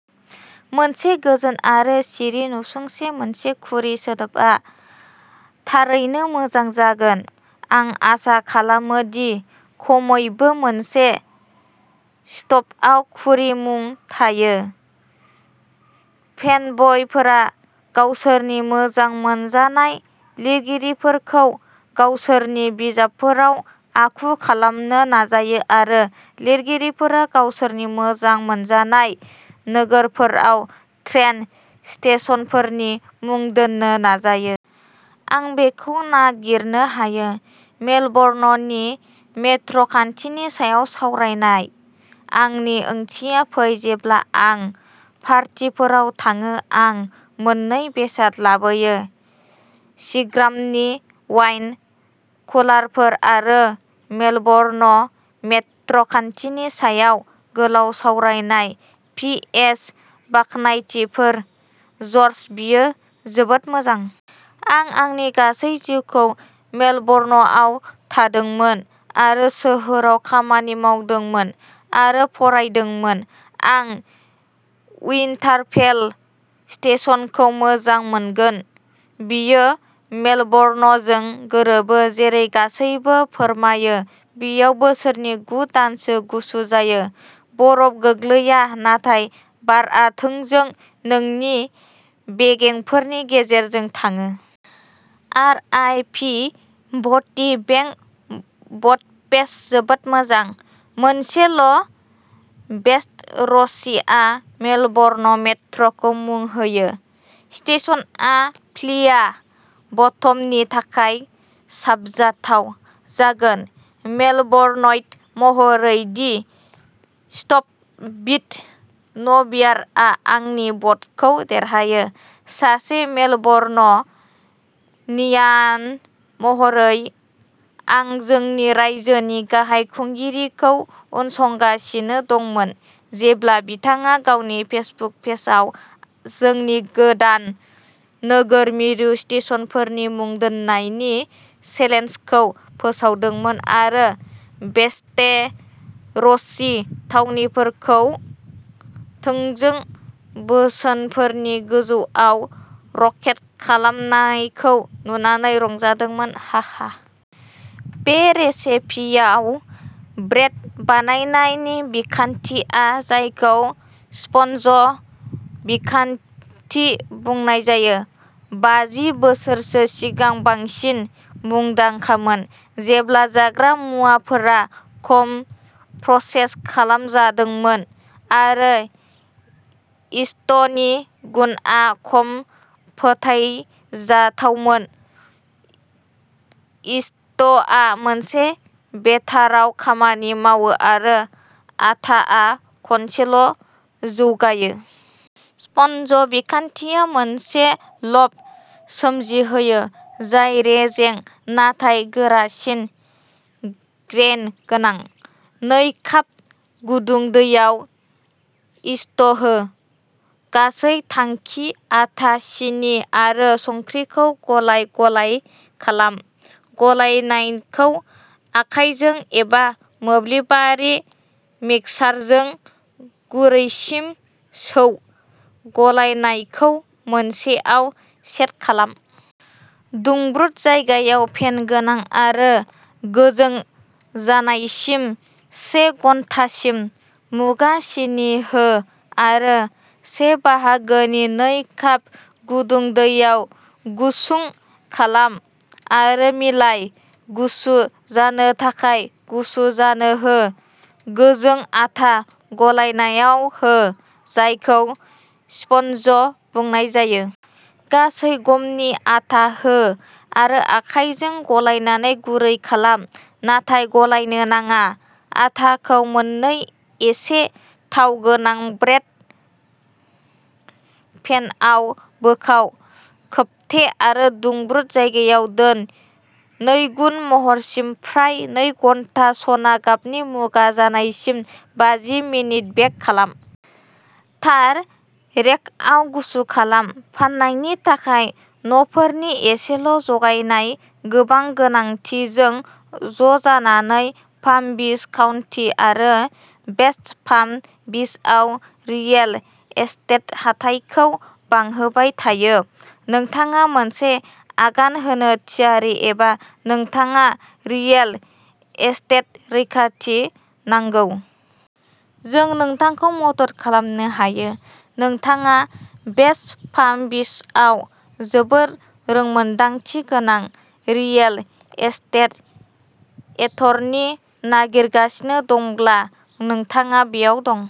मोनसे गोजोन आरो सिरि नसुंसे मोनसे कुरि सोदोबआ थारैनो मोजां जागोन, आं आसा खालामो दि खमैबो मोनसे स्टपआव कुरि मुं थायो। फेनब'यफोरा गावसोरनि मोजां मोनजानाय लिरगिरिफोरखौ गावसोरनि बिजाबफोराव आखु खालामनो नाजायो आरो लिरगिरिफोरा गावसोरनि मोजां मोनजानाय नोगोरफोराव ट्रेन स्टेशनफोरनि मुं दोन्नो नाजायो। आं बेखौ नागिरनो हायो। मेलबर्ननि मेट्र'खान्थिनि सायाव सावरायनाय? आंनि ओंथिया फै जेब्ला आं पार्टीफोराव थाङो आं मोननै बेसाद लाबोयो। सिग्रामनि वाइन कुलारफोर आरो मेलबर्न मेट्र'खान्थिनि सायाव गोलाव सावरायनाय। पि एस बाख्नायथिफोर, जर्ज बेयो जोबोद मोजां। आं आंनि गासै जिउखौ मेलबर्नआव थादोंमोन आरो सोहोराव खामानि मावदोंमोन आरो फरायदोंमोन। आं उइन्टारफेल स्टेशनखौ मोजां मोनगोन। बेयो मेलबर्नजों गोरोबो जेरै गासैबो फोरमायो बेयाव बोसोरनि गु दानसो गुसु जायो। बरफ गोग्लैया नाथाय बारआ थोंजों नोंनि बेगेंफोरनि गेजेरजों थाङो। R I P Boaty McBoatface जोबोद मोजां। मोनसेल' वेस्ट र'सीआ मेलबर्न मेट्रखौ मुं होयो। स्टेशनआ फ्लिया बटम नि थाखाय साबजाथाव जागोन मेलबर्नइट महरै दि स्टप विद न'बियारआ आंनि भ'टखौ देरहायो। सासे मेलबरन‌ नियान महरै आं जोंनि रायजोनि गाहाय खुंगिरिखौ उनसंगासिनो दंमोन जेब्ला बिथाङा गावनि फेसबुक पेजआव जोंनि गोदान नोगोर मिरु स्टेशनफोरनि मुं दोननायनि चेलेन्जखौ फोसावदोंमोन आरो वेस्टे र'सि थावनिफोरखौ थोंजों बोसोनफोरनि गोजौआव रकेट खालामनायखौ नुनानै रंजादोंमोन हाहा। बे रेसिपिआव ब्रेड बानायनायनि बिखान्थिया जायखौ स्पन्ज बिखान्थि बुंनाय जायो। बाजि बोसोरसो सिगां बांसिन मुंदांखामोन। जेब्ला जाग्रा मुवाफोरा खम प्रसेस खालामजादोंमोन आरो इस्टनि गुनआ खम फोथायजाथावमोन। इस्टआ मोनसे बेटाराव खामानि मावो आरो आटाआ खनसेल' जौगायो। स्पन्ज बिखान्थिया मोनसे ल'फ सोमजिहोयो जाय रेजें नाथाय गोरासिन ग्रेइन गोनां। नै काप गुदुं दैयाव इस्ट हो। गासै थांखि आटा सिनि आरो संख्रिखौ गलाय-गलाय खालाम। गलायनायखौ आखायजों एबा मोब्लिबारि मिक्सारजों गुरैसिम सौ। गलायनायखौ मोनसेआव सेट खालाम। दुंब्रुद जायगाया फेन गोनां आरो गोजों जानायसिम से घन्टासिम। मुगा सिनि हो आरो से बाहागोनि नै काप गुदुं दैयाव गुसुं खालाम आरो मिलाय। गुसु जानो थाखाय गुसु जानो हो। गोजों आटा गलायनायाव हो, जायखौ स्पन्ज बुंनाय जायो। गासै गमनि आटा हो आरो आखायजों गलायनानै गुरै खालाम, नाथाय गलायनो नाङा। आटाखौ मोननै एसे थाव गोनां ब्रेड पेनआव बोखाव, खोबथे आरो दुंब्रुद जायगायाव दोन। नैगुन महरसिम फ्राय नै घन्टा सना गाबनि मुगा जानायसिम बाजि मिनिट बेक खालाम। तार रेकआव गुसु खालाम। फान्नायनि थाखाय न'फोरनि एसेल' जगायनाय गोबां गोनांथिजों ज'जानानै पाम बिच काउनटि आरो वेस्ट पाम बिचआव रियेल एस्टेट हाथाइखौ बांहोबाय थायो। नोंथाङा मोनसे आगान होनो थियारि एबा नोंथाङा रियेल एस्टेट रैखाथि नांगौ। जों नोंथांखौ मदद खालामनो हायो। नोंथाङा वेस्ट पाम बिचआव जोबोद रोंमोनदांथि गोनां रियेल एस्टेट एटरनि नागिरगासिनो दंब्ला, नोंथाङा बेयाव दं।